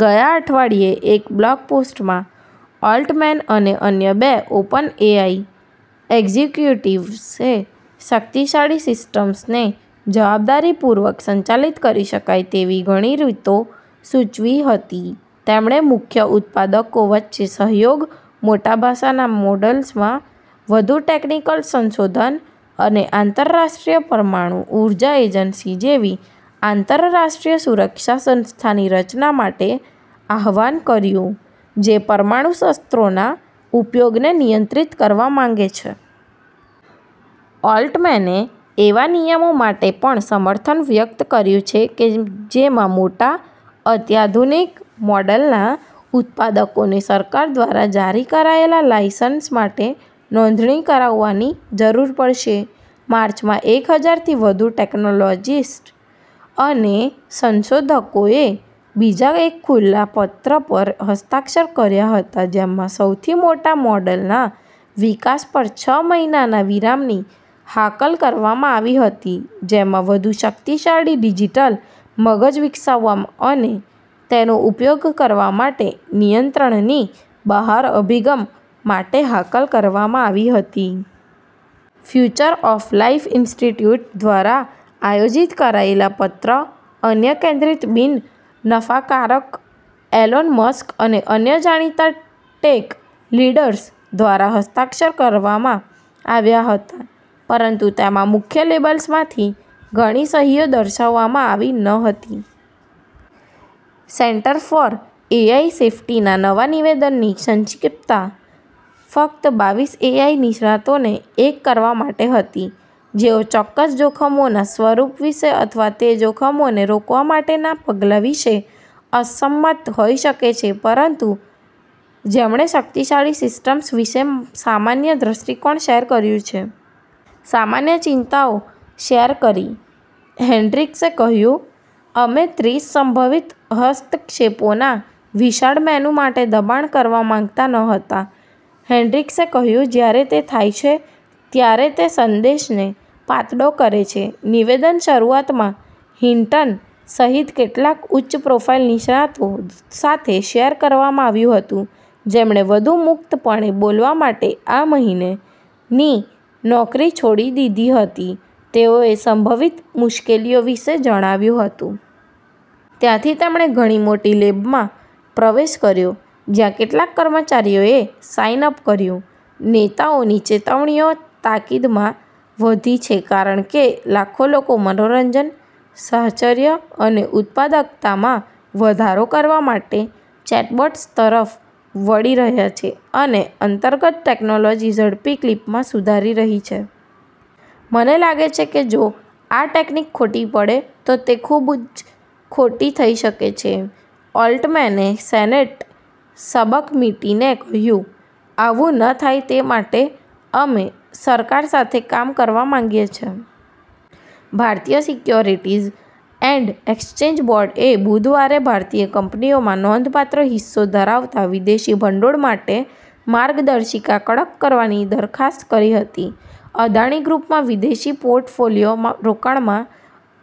ગયા અઠવાડિયે એક બ્લોગ પોસ્ટમાં, ઓલ્ટમેન અને અન્ય બે ઓપનએઆઈ એક્ઝિક્યુટિવ્સે શક્તિશાળી સિસ્ટમ્સને જવાબદારીપૂર્વક સંચાલિત કરી શકાય તેવી ઘણી રીતો સૂચવી હતી. તેમણે મુખ્ય ઉત્પાદકો વચ્ચે સહયોગ, મોટા ભાષાના મોડલ્સમાં વધુ ટેકનિકલ સંશોધન અને આંતરરાષ્ટ્રીય પરમાણુ ઉર્જા એજન્સી જેવી આંતરરાષ્ટ્રીય સુરક્ષા સંસ્થાની રચના માટે આહ્વાન કર્યું, જે પરમાણુ શસ્ત્રોના ઉપયોગને નિયંત્રિત કરવા માંગે છે. ઓલ્ટમેને એવા નિયમો માટે પણ સમર્થન વ્યક્ત કર્યું છે કે, જેમાં મોટા, અત્યાધુનિક મોડલના ઉત્પાદકોને સરકાર દ્વારા જારી કરાયેલા લાઇસન્સ માટે નોંધણી કરાવવાની જરૂર પડશે. માર્ચમાં, એક હજાર થી વધુ ટેક્નોલોજિસ્ટ્સ અને સંશોધકોએ બીજા એક ખુલ્લા પત્ર પર હસ્તાક્ષર કર્યા હતા, જેમાં સૌથી મોટા મોડલના વિકાસ પર છ મહિનાના વિરામની હાકલ કરવામાં આવી હતી, જેમાં "વધુ શક્તિશાળી ડિજિટલ મગજ વિકસાવવા અને તેનો ઉપયોગ કરવા માટે નિયંત્રણની બહાર અભિગમ" માટે હાકલ કરવામાં આવી હતી. ફ્યુચર ઑફ લાઇફ ઇન્સ્ટિટ્યૂટ દ્વારા આયોજિત કરાયેલા પત્ર, અન્ય -કેન્દ્રિત બિન નફાકારક, એલોન મસ્ક અને અન્ય જાણીતા ટેક લીડર્સ દ્વારા હસ્તાક્ષર કરવામાં આવ્યા હતા, પરંતુ તેમાં મુખ્ય લેબ્સમાંથી ઘણી સહીઓ દર્શાવવામાં આવી ન હતી. સેન્ટર ફોર એઆઈ સેફ્ટીના નવા નિવેદનની સંક્ષિપ્તતા ફક્ત બાવીસ એઆઈ નિષ્ણાતોને એક કરવા માટે હતી, જેઓ ચોક્કસ જોખમોના સ્વરૂપ વિશે અથવા તે જોખમોને રોકવા માટેના પગલાં વિશે અસંમત હોઈ શકે છે પરંતુ, જેમણે શક્તિશાળી સિસ્ટમ્સ વિશે સામાન્ય દ્રષ્ટિકોણ શેર કર્યું છે. સામાન્ય ચિંતાઓ શેર કરી, હેન્ડ્રીક્સે કહ્યું. "અમે ત્રીસ સંભવિત હસ્તક્ષેપોના વિશાળ મેનૂ માટે દબાણ કરવા માંગતા ન હતા," હેન્ડ્રીક્સે કહ્યું. "જ્યારે તે થાય છે, ત્યારે તે સંદેશને પાતળો કરે છે. " નિવેદન શરૂઆતમાં હિન્ટન સહિત કેટલાક ઉચ્ચ-પ્રોફાઇલ નિષ્ણાતો સાથે શેર કરવામાં આવ્યું હતું, જેમણે વધુ મુક્તપણે બોલવા માટે આ મહિને ની નોકરી છોડી દીધી હતી, તેઓએ સંભવિત મુશ્કેલીઓ વિશે જણાવ્યું હતું. ત્યાંથી, તેમણે ઘણી મોટી લેબમાં પ્રવેશ કર્યો, જ્યાં કેટલાક કર્મચારીઓએ સાઇન અપ કર્યું. નેતાઓની ચેતવણીઓ તાકીદમાં વધી છે કારણ કે, લાખો લોકો મનોરંજન, સાહચર્ય અને ઉત્પાદકતામાં વધારો કરવા માટે ચેટબોટ્સ તરફ વળી રહ્યા છે, અને અંતર્ગત ટેકનોલોજી ઝડપી ક્લિપમાં સુધારી રહી છે. "મને લાગે છે કે જો આ ટેકનિક ખોટી પડે, તો તે ખૂબ જ ખોટી થઈ શકે છે," ઓલ્ટમેને સેનેટ સબકમિટીને કહ્યું. "આવુ ન થાય તે માટે અમે સરકાર સાથે કામ કરવા માંગીએ છીએ. ભારતીય સિક્યોરિટીઝ એન્ડ એક્સચેન્જ બોર્ડ એ બુધવારે ભારતીય કંપનીઓમાં નોંધપાત્ર હિસ્સો ધરાવતા વિદેશી ભંડોળ માટે માર્ગદર્શિકા કડક કરવાની દરખાસ્ત કરી હતી. અદાણી ગ્રૂપમાં વિદેશી પોર્ટફોલિયો રોકાણમાં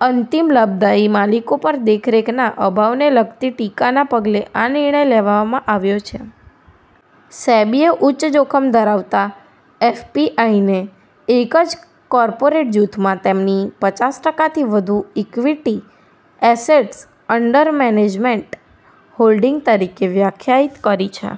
અંતિમ લાભદાયી માલિકો પર દેખરેખના અભાવને લગતી ટીકાના પગલે આ નિર્ણય લેવામાં આવ્યો છે. સેબીએ ઉચ્ચ જોખમ ધરાવતા એફપીઆઈને એક જ કોર્પોરેટ જૂથમાં તેમની પચાસ ટકા થી વધુ equity assets under management holding તરીકે વ્યાખ્યાયિત કરી છે.